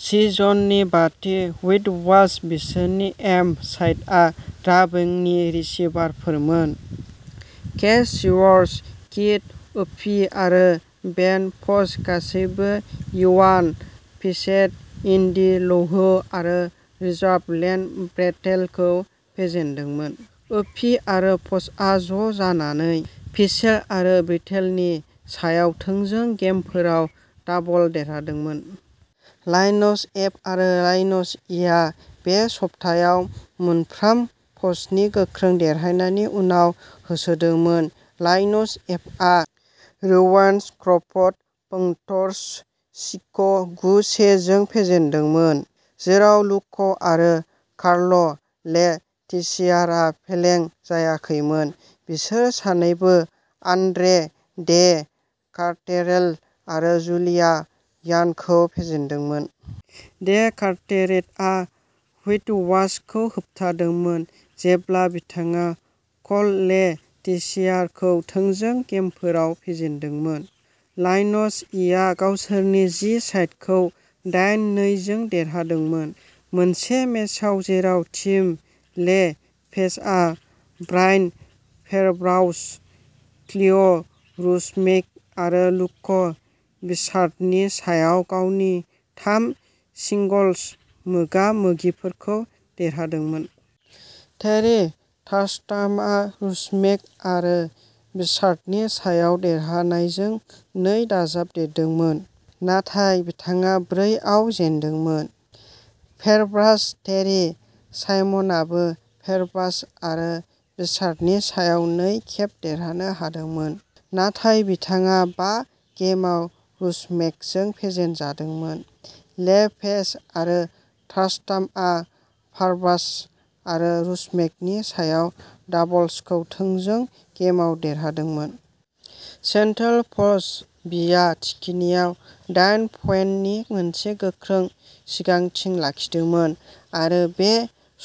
सिजननि बाथि हुइटवाश बिसोरनि एम साइडआ ड्राबिंनि रिसिभारफोरमोन। के चिवार्स, कीथ ओपि आरो बेन फ'स गासैबो इवान फिचेट, एन्डी लिहौ आरो रिजार्भ लेन ब्रेटेलखौ फेजेनदोंमोन। ओपि आरो फ'सआ ज'जानानै फिचेट आरो ब्रेटेलनि सायाव थोंजों गेमफोराव डाबल देरहादोंमोन। लायनस एफ आरो लायनस इआ बे सप्तायाव मोनफ्राम पोस्टनि गोख्रों देरहानायनि उनाव होसोदोंमोन। लायनस एफआ रोवेन्सक्रफट पौंथर्स सीख गु-से जों फेजेनदोंमोन। जेराव लुक आरो कार्ल ले टिसियारआ फेलें जायाखैमोन। बिसोर सानैबो आन्द्रे डे कार्टेरेल आरो जुलिया यानखौ फेजेनदोंमोन। डे कार्टेरेटआ हुइटवाशखौ होबथादोंमोन जेब्ला बिथाङा कल'ले टिसियारखौ थोंजों गेमफोराव फेजेनदोंमोन। लायनस इआ गावसोरनि जी साइडखौ दाइन -नै जों देरहादोंमोन। मोनसे मेचआव जेराव टिम ले पेजआ ब्रायन फेरब्राउच, क्लिय'रसुमेक आरो लुक बिचार्डनि सायाव गावनि थाम सिंगल्स मोगा-मोगिफोरखौ देरहादोंमोन। टेरी टास्टामआ रसुमेक आरो बिचार्डनि सायाव देरहानायजों नै दाजाबदेरदोंमोन। नाथाय बिथाङा ब्रै आव जेनदोंमोन। फेरब्राश। टेरि साइमनआबो फेरब्राश आरो बिचार्डनि सायाव नै खेब देरहानो हादोंमोन। नाथाय बिथाङा बा गेमआव रसुमेकजों फेजेनजादोंमोन। ले पेज आरो टास्टामा फारब्राश आरो रसुमेकनि सायाव डाबल्सखौ थोंजों गेमआव देरहादोंमोन। सेन्टेल पल्स बिआ थिखिनिआव दाइन पइन्टनि मोनसे गोख्रों सिगांथिं लाखिदोंमोन आरो बे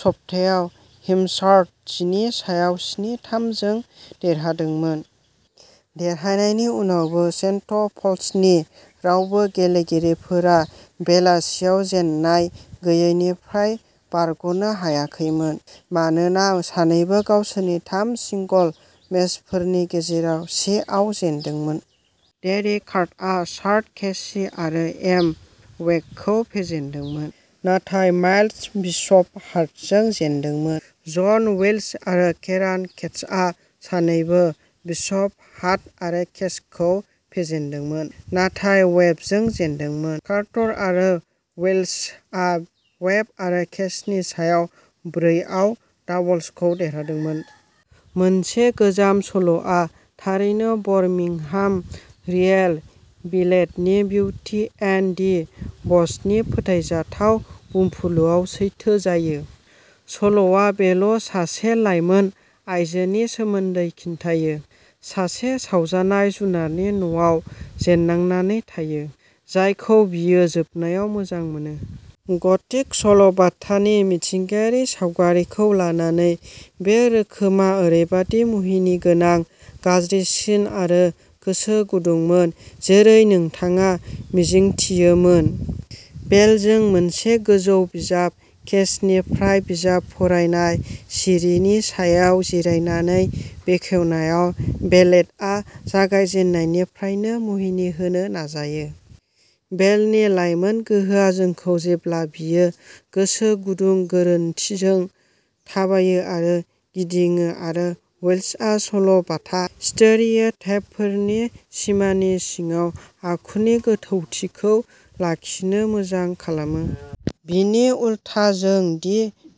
सप्तायाव हिमसार्ड जिनि सायाव स्नि-थाम जों देरहादोंमोन। देरहानायनि उनावबो सेन्ट पल्सनि रावबो गेलेगिरिफोरा बेलासियाव जेननाय गैयैनिफ्राय बारग'नो हायाखैमोन। मानोना सानैबो गावसोरनि थाम सिंगल्स मेचफोरनि गेजेराव से आव जेनदोंमोन। डेरेक कार्टआ शार्ट केसि आरो एम वेबखौ फेजेनदोंमोन। नाथाय माइल्स बिशप हाटजों जेनदोंमोन। जन वेल्स आरो केइरान कटेचा सानैबो बिशप हाट आरो केसखौ फेजेनदोंमोन। नाथाय वेबजों जेनदोंमोन। कार्टर आरो वेल्सआ वेब आरो केसनि सायाव ब्रै आव डाबल्सखौ देरहादोंमोन। मोनसे गोजाम सल आ थारैनो बरमिंहाम रियेल बिलेटनि बिउटि एन्ड दि बस्टनि फोथायजाथाव बुंफुरलुआव सैथो जायो। सल'आ बेल' सासे लाइमोन आयजोनि सोमोन्दै खिन्थायो। सासे सावजानाय जुनारनि न'आव जेन्नांनानै थायो। जायखौ बियो जोबनायाव मोजां मोनो। गथिक सल'बाथानि मिथिंगायारि सावगारिखौ लानानै बे रोखोमआ ओरैबायदि मुहिनिगोनां गाज्रिसिन आरो गोसो गुदुंमोन जेरै नोंथाङा मिजिंथियोमोन। बेलजों मोनसे गोजौ बिजाब केसनिफ्राय बिजाब फरायनाय सिरिनि सायाव जिरायनानै बेखेवनायाव बेलेटआ जागायजेन्नायनिफ्रायनो मुहिनि होनो नाजायो। बेलनि लाइमोन गोहोआ जोंखौ जेब्ला बियो गोसो गुदुं गोरोनथिजों थाबायो आरो गिदिङो आरो वेल्सआ सल'बाथा स्टोरियोटाइपफोरनि सिमानि सिङाव आखुनि गोथावथिखौ लाखिनो मोजां खालामो। बिनि उलथा जों दि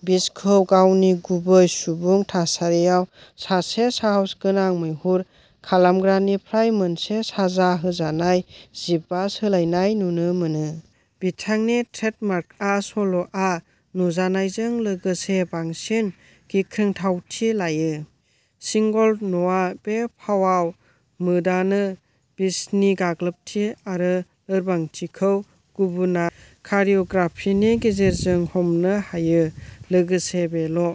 बिस्ट खौ गावनि गुबै सुबुं थासारियाव सासे साहसगोनां मैहुर खालामग्रानिफ्राय मोनसे साजा होजानाय जिबआ सोलायनाय नुनो मोनो। बिथांनि ट्रेडमार्कआ सल'आ नुजानायजों लोगोसे बांसिन गिख्रोंथावथि लायो। सिंगल नआ बे फावआव मोदानो बिस्टनि गाग्लोबथि आरो लोरबांथिखौ गुबुना कारिय'ग्राफिनि गेजेरजों हमनो हायो। लोगोसे बेल'।